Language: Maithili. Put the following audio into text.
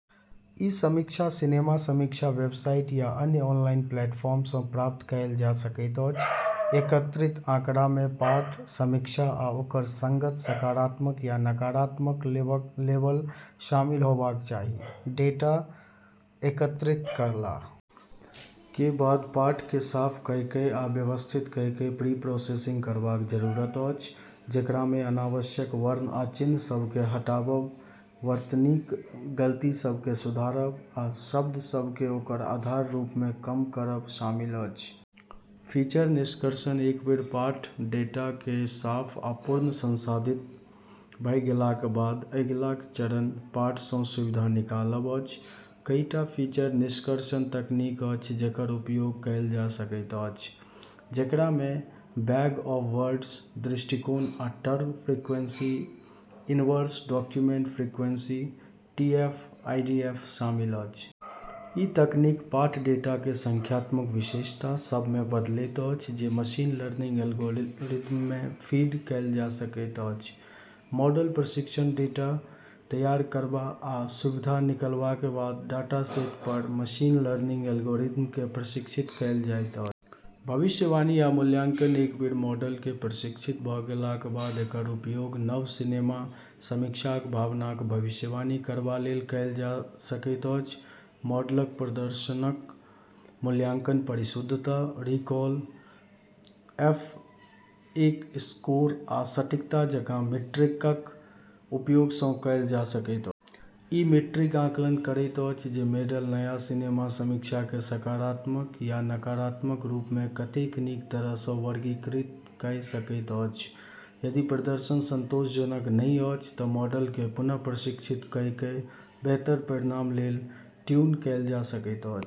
ई समीक्षा सिनेमा समीक्षा वेबसाइट या अन्य ऑनलाइन प्लेटफॉर्म सँ प्राप्त कएल जा सकैत अछि। एकत्रित आँकड़ा मे पाठ समीक्षा आ ओकर संगत सकारात्मक या नकारात्मक लेबल शामिल होबाक चाही। डाटा एकत्रित करला के बाद पाठ केँ साफ कऽ कऽ आ व्यवस्थित कऽ कऽ प्रीप्रोसेसिंग करबाक जरूरत अछि, जेकरा मे अनावश्यक वर्ण आ चिन्ह सभ केँ हटाबब, वर्तनीक गलती सभ केँ सुधारब आ शब्द सभ केँ ओकर आधार रूप मे कम करब शामिल अछि। फीचर निष्कर्षण एक बेर पाठ डाटा केँ साफ आ पूर्व संसाधित भऽ गेलाक बाद, अगिला चरण पाठ सँ सुविधा निकालब अछि। कईटा फीचर निष्कर्षण तकनीक अछि जेकर उपयोग कएल जा सकैत अछि, जेकरा मे बैग-ऑफ-वर्ड्स दृष्टिकोण आ term frequency inverse document frequency (TF IDF) शामिल अछि। ई तकनीक पाठ डाटा केँ संख्यात्मक विशेषता सभ मे बदलैत अछि जे मशीन लर्निंग एल्गोरिदम मे फीड कएल जा सकैत अछि। मॉडल प्रशिक्षण डाटा तैयार करबा आ सुविधा निकालबा के बाद डाटासेट पर मशीन लर्निंग एल्गोरिदम केँ प्रशिक्षित कएल जाइत अछि। भविष्यवाणी आ मूल्यांकन एक बेर मॉडल केँ प्रशिक्षित भऽ गेलाक बाद एकर उपयोग नव सिनेमा समीक्षाक भावनाक भविष्यवाणी करबा लेल कएल जा सकैत अछि। मॉडलक प्रदर्शनक मूल्यांकन परिशुद्धता, रिकॉल, एफ-एक स्कोर, आ सटीकता जकाँ मीट्रिकक उपयोग सँ कएल जा सकैत अछि। ई मीट्रिक आकलन करैत अछि जे मॉडल नया सिनेमा समीक्षा केँ सकारात्मक या नकारात्मक रूप मे कतेक नीक तरह सँ वर्गीकृत कऽ सकैत अछि। यदि प्रदर्शन संतोषजनक नहि अछि तँ मॉडल केँ पुनः प्रशिक्षित कऽ कऽ बेहतर परिणाम लेल ट्यून कएल जा सकैत अछि।